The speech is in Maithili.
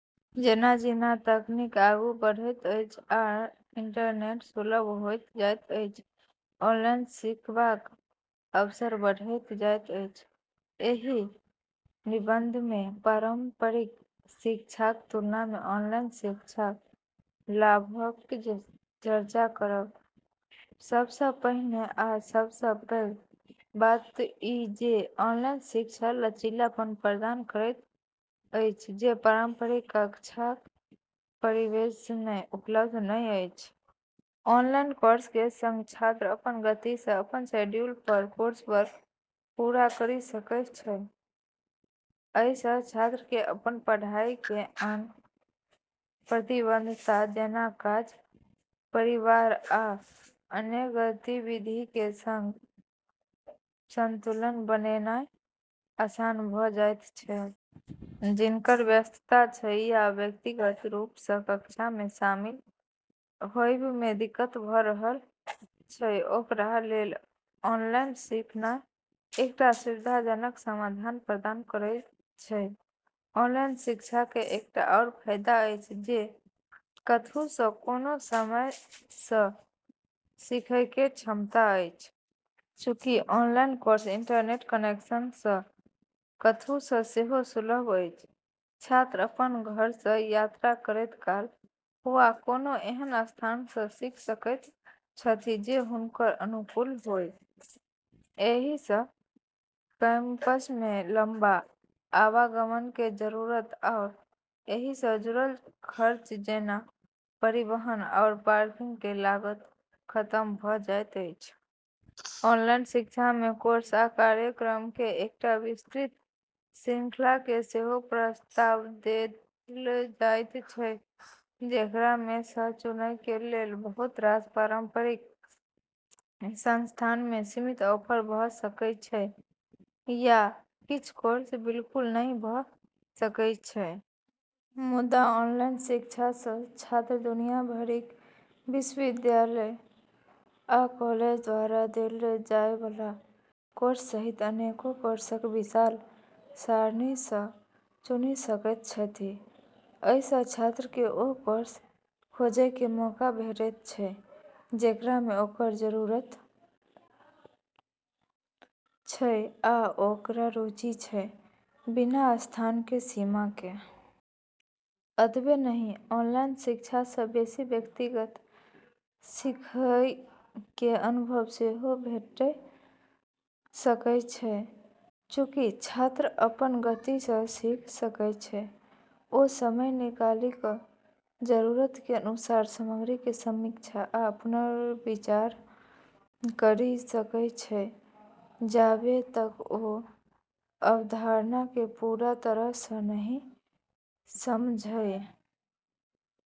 जेना-जेना तकनीक आगू बढ़ैत अछि आ इंटरनेट सुलभ होइत जाइत अछि, ऑनलाइन सिखबाक अवसर बढ़ैत जाइत अछि। एहि निबंधमे पारंपरिक शिक्षाक तुलनामे ऑनलाइन शिक्षाक लाभक चर्चा करब। सबसँ पहिने आ सबसँ पैघ बात ई जे ऑनलाइन शिक्षा लचीलापन प्रदान करैत अछि जे पारंपरिक कक्षाक परिवेशमे उपलब्ध नहि अछि। ऑनलाइन कोर्सके सङ्ग छात्र अपन गतिसँ, अपन शेड्यूल पर कोर्सवर्क पूरा करि सकै छै। अइसँ छात्रके अपन पढ़ाइके आन प्रतिबद्धता, जेना काज, परिवार या अन्य गतिविधिके सङ्ग संतुलन बनेनाइ आसान भ' जाइत छै। जिनकर व्यस्तता छै या व्यक्तिगत रूपसँ कक्षामे शामिल होबइमे दिक्कत भ' रहल छै, ओकरा लेल ऑनलाइन सीखनाइ एकटा सुविधाजनक समाधान प्रदान करै छै। ऑनलाइन शिक्षाके एकटा आओर फायदा अछि जे कतहुसँ, कोनो समयसँ सिखैके क्षमता अछि। चूँकि ऑनलाइन कोर्स इंटरनेट कनेक्शनसँ कतहुसँ सेहो सुलभ अछि, छात्र अपन घरसँ, यात्रा करैत काल, वा कोनो एहन स्थानसँ सीख सकैत छथि जे हुनकर अनुकूल होइ। एहिसँ कैंपसमे लंबा आवागमनके जरूरत आओर एहिसँ जुड़ल खर्च जेना परिवहन आओर पार्किंगके लागत खतम भ' जाइत अछि। ऑनलाइन शिक्षामे कोर्स आ कार्यक्रमके एकटा विस्तृत श्रृंखलाके सेहो प्रस्ताव देल जाइत छै, जेकरामे सँ चुनैके लेल। बहुत रास पारंपरिक संस्थानमे सीमित ऑफर भ' सकै छै या किछ कोर्स बिल्कुल नहि भ' सकै छै। मुदा, ऑनलाइन शिक्षासँ छात्र दुनिया भरिक विश्वविद्यालय आ कॉलेज द्वारा देल जाइबला कोर्स सहित अनेक कोर्सक विशाल सारिणीसँ चुनि सकैत छथि। अइसँ छात्रके ओ कोर्स खोजैके मौका भेटैत छै, जेकरामे ओकर जरूरत छै या ओकरा रुचि छै, बिना स्थानके सीमाके। एतबे नहि ऑनलाइन शिक्षासँ बेशी व्यक्तिगत सिखैके अनुभव सेहो भेट सकै छै। चूँकि छात्र अपन गतिसँ सिख सकै छै, ओ समय निकालि क' जरूरतके अनुसार सामग्रीके समीक्षा आ पुनर्विचार करि सकै छै, जाबे तक ओ अवधारणाके पूरा तरहसँ नहि समझइ ।